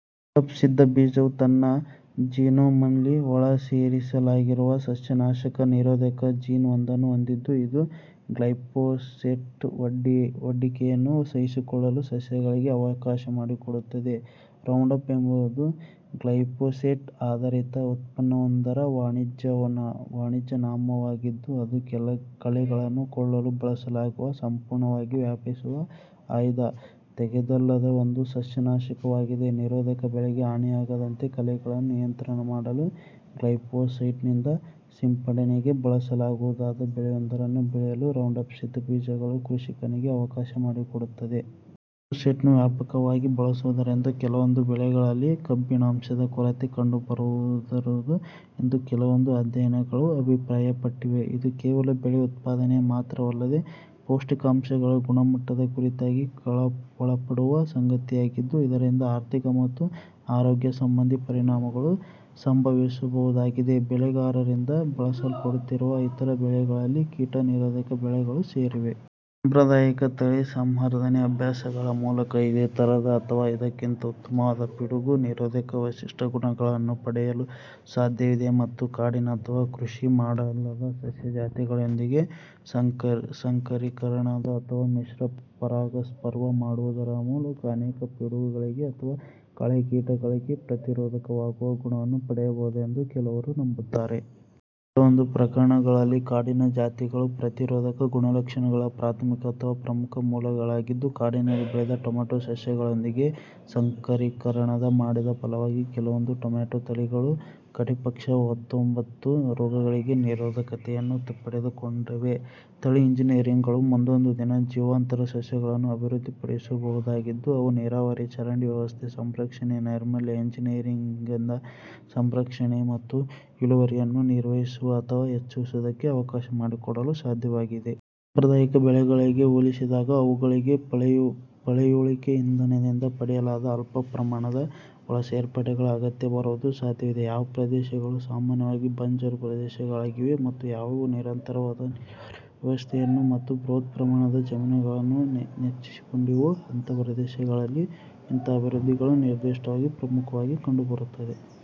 ರೌಂಡಪ್-ಸಿದ್ಧ ಬೀಜವು ತನ್ನ ಜೀನೋಮ್ನಲ್ಲಿ ಒಳಸೇರಿಸಲಾಗಿರುವ ಸಸ್ಯನಾಶಕ ನಿರೋಧಕ ಜೀನ್ ಒಂದನ್ನು ಹೊಂದಿದ್ದು, ಇದು ಗ್ಲೈಫೋಸೇಟ್ಗೆ ಒಡ್ಡಿಕೆಯನ್ನು ಸಹಿಸಿಕೊಳ್ಳಲು ಸಸ್ಯಗಳಿಗೆ ಅವಕಾಶಮಾಡಿಕೊಡುತ್ತದೆ. ರೌಂಡಪ್ ಎಂಬುದು ಗ್ಲೈಫೋಸೇಟ್ ಆಧರಿತ ಉತ್ಪನ್ನವೊಂದರ ವಾಣಿಜ್ಯನಾಮವಾಗಿದ್ದು, ಅದು ಕಳೆಗಳನ್ನು ಕೊಲ್ಲಲು ಬಳಸಲಾಗುವ, ಸಂಪೂರ್ಣವಾಗಿ ವ್ಯಾಪಿಸುವ, ಆಯ್ದು ತೆಗೆದದ್ದಲ್ಲದ ಒಂದು ಸಸ್ಯನಾಶಕವಾಗಿದೆ. ನಿರೋಧಕ ಬೆಳೆಗೆ ಹಾನಿಯಾಗದಂತೆ ಕಳೆಗಳನ್ನು ನಿಯಂತ್ರಣ ಮಾಡಲು, ಗ್ಲೈಫೋಸೈಟ್ನಿಂದ ಸಿಂಪಡಣೆಗೆ ಒಳಗಾಗಬಹುದಾದ ಬೆಳೆಯೊಂದನ್ನು ಬೆಳೆಯಲು ರೌಂಡಪ್-ಸಿದ್ಧ ಬೀಜಗಳು ಕೃಷಿಕನಿಗೆ ಅವಕಾಶ ಮಾಡಿಕೊಡುತ್ತವೆ. ಗ್ಲೈಪೋಸೇಟ್ನ್ನು ವ್ಯಾಪಕವಾಗಿ ಬಳಸುವುದರಿಂದ ಕೆಲವೊಂದು ಬೆಳೆಗಳಲ್ಲಿ ಕಬ್ಬಿಣಾಂಶದ ಕೊರತೆ ಕಂಡುಬರಬಹುದು ಎಂದು ಕೆಲವೊಂದು ಅಧ್ಯಯನಗಳು ಅಭಿಪ್ರಾಯಪಟ್ಟಿವೆ. ಇದು ಕೇವಲ ಬೆಳೆ ಉತ್ಪಾದನೆಗೆ ಮಾತ್ರವಲ್ಲದೆ, ಪೌಷ್ಟಿಕಾಂಶಗಳ ಗುಣಮಟ್ಟದ ಕುರಿತಾಗಿ ಕಳವಳಪಡುವ ಸಂಗತಿಯಾಗಿದ್ದು, ಇದರಿಂದ ಆರ್ಥಿಕ ಮತ್ತು ಆರೋಗ್ಯ ಸಂಬಂಧಿ ಪರಿಣಾಮಗಳೂ ಸಂಭವಿಸಬಹುದಾಗಿದೆ. ಬೆಳೆಗಾರರಿಂದ ಬಳಸಲ್ಪಡುತ್ತಿರುವ ಇತರ ಬೆಳೆಗಳಲ್ಲಿ ಕೀಟ-ನಿರೋಧಕ ಬೆಳೆಗಳು ಸೇರಿವೆ. ಸಾಂಪ್ರದಾಯಿಕ ತಳಿ ಸಂವರ್ಧನೆ ಅಭ್ಯಾಸಗಳ ಮೂಲಕ ಇದೇ ಥರದ ಅಥವಾ ಇದಕ್ಕಿಂತ ಉತ್ತಮವಾದ ಪಿಡುಗು-ನಿರೋಧಕ ವಿಶಿಷ್ಟ ಗುಣಗಳನ್ನು ಪಡೆಯಲು ಸಾಧ್ಯವಿದೆ, ಮತ್ತು ಕಾಡಿನ ಅಥವಾ ಕೃಷಿಮಾಡಿಲ್ಲದ ಸಸ್ಯ ಜಾತಿಗಳೊಂದಿಗೆ ಸಂಕರೀಕರಣ ಅಥವಾ ಮಿಶ್ರ-ಪರಾಗಸ್ಪರ್ಶ ಮಾಡುವುದರ ಮೂಲಕ ಅನೇಕ ಪಿಡುಗುಗಳಿಗೆ ಅಥವಾ ಕಳೆ-ಕೀಟಗಳಿಗೆ ಪ್ರತಿರೋಧಕವಾಗುವ ಗುಣವನ್ನು ಪಡೆಯಬಹುದು ಎಂದು ಕೆಲವರು ನಂಬುತ್ತಾರೆ. ಕೆಲವೊಂದು ಪ್ರಕರಣಗಳಲ್ಲಿ, ಕಾಡಿನ ಜಾತಿಗಳು ಪ್ರತಿರೋಧಕ ಗುಣಲಕ್ಷಣಗಳ ಪ್ರಾಥಮಿಕ ಅಥವಾ ಪ್ರಮುಖ ಮೂಲಗಳಾಗಿದ್ದು, ಕಾಡಿನಲ್ಲಿ ಬೆಳೆದ ಟೊಮ್ಯಾಟೋ ಸಸ್ಯಗಳೊಂದಿಗೆ ಸಂಕರೀಕರಣ ಮಾಡಿದ ಫಲವಾಗಿ ಕೆಲವೊಂದು ಟೊಮ್ಯಾಟೋ ತಳಿಗಳು ಕಡೇಪಕ್ಷ ಹತ್ತೊಂಬತ್ತು ರೋಗಗಳಿಗೆ ನಿರೋಧಕತೆಯನ್ನು ಪಡೆದುಕೊಂಡಿವೆ. ತಳಿ ಎಂಜಿನಿಯರುಗಳು ಮುಂದೊಂದು ದಿನ ಜೀವಾಂತರ ಸಸ್ಯಗಳನ್ನು ಅಭಿವೃದ್ಧಿಪಡಿಸಬಹುದಾಗಿದ್ದು, ಅವು ನೀರಾವರಿ, ಚರಂಡಿ ವ್ಯವಸ್ಥೆ, ಸಂರಕ್ಷಣೆ ನೈರ್ಮಲ್ಯ ಎಂಜಿನಿಯರಿಂಗ್, ಮತ್ತು ಇಳುವರಿಯನ್ನು ನಿರ್ವಹಿಸುವ ಅಥವಾ ಹೆಚ್ಚಿಸುವುದಕ್ಕೆ ಅವಕಾಶ ಮಾಡಿಕೊಡಲು ಸಾಧ್ಯವಿದೆ. ಸಾಂಪ್ರದಾಯಿಕ ಬೆಳೆಗಳಿಗೆ ಹೋಲಿಸಿದಾಗ, ಅವುಗಳಿಗೆ ಪಳೆಯುಳಿಕೆ ಇಂಧನದಿಂದ ಪಡೆಯಲಾದ ಅಲ್ಪ ಪ್ರಮಾಣದ ಒಳಸೇರ್ಪಡೆಗಳ ಅಗತ್ಯ ಬರುವುದು ಸಾಧ್ಯವಿದೆ. ಯಾವ ಪ್ರದೇಶಗಳು ಸಾಮಾನ್ಯವಾಗಿ ಬಂಜರು ಪ್ರದೇಶಗಳಾಗಿವೆಯೋ ಮತ್ತು ಯಾವುವು ನಿರಂತರವಾದ ನೀರಾವರಿ ವ್ಯವಸ್ಥೆಯನ್ನು, ಮತ್ತು ಬೃಹತ್ ಪ್ರಮಾಣದ ಜಮೀನುಗಳನ್ನು ನೆಚ್ಚಿಕೊಂಡಿವೆಯೋ, ಅಂಥ ಪ್ರದೇಶಗಳಲ್ಲಿ ಇಂಥ ಅಭಿವದ್ಧಿಗಳು ನಿರ್ದಿಷ್ಟವಾಗಿ ಪ್ರಮುಖವಾಗಿ ಕಂಡುಬರುತ್ತವೆ.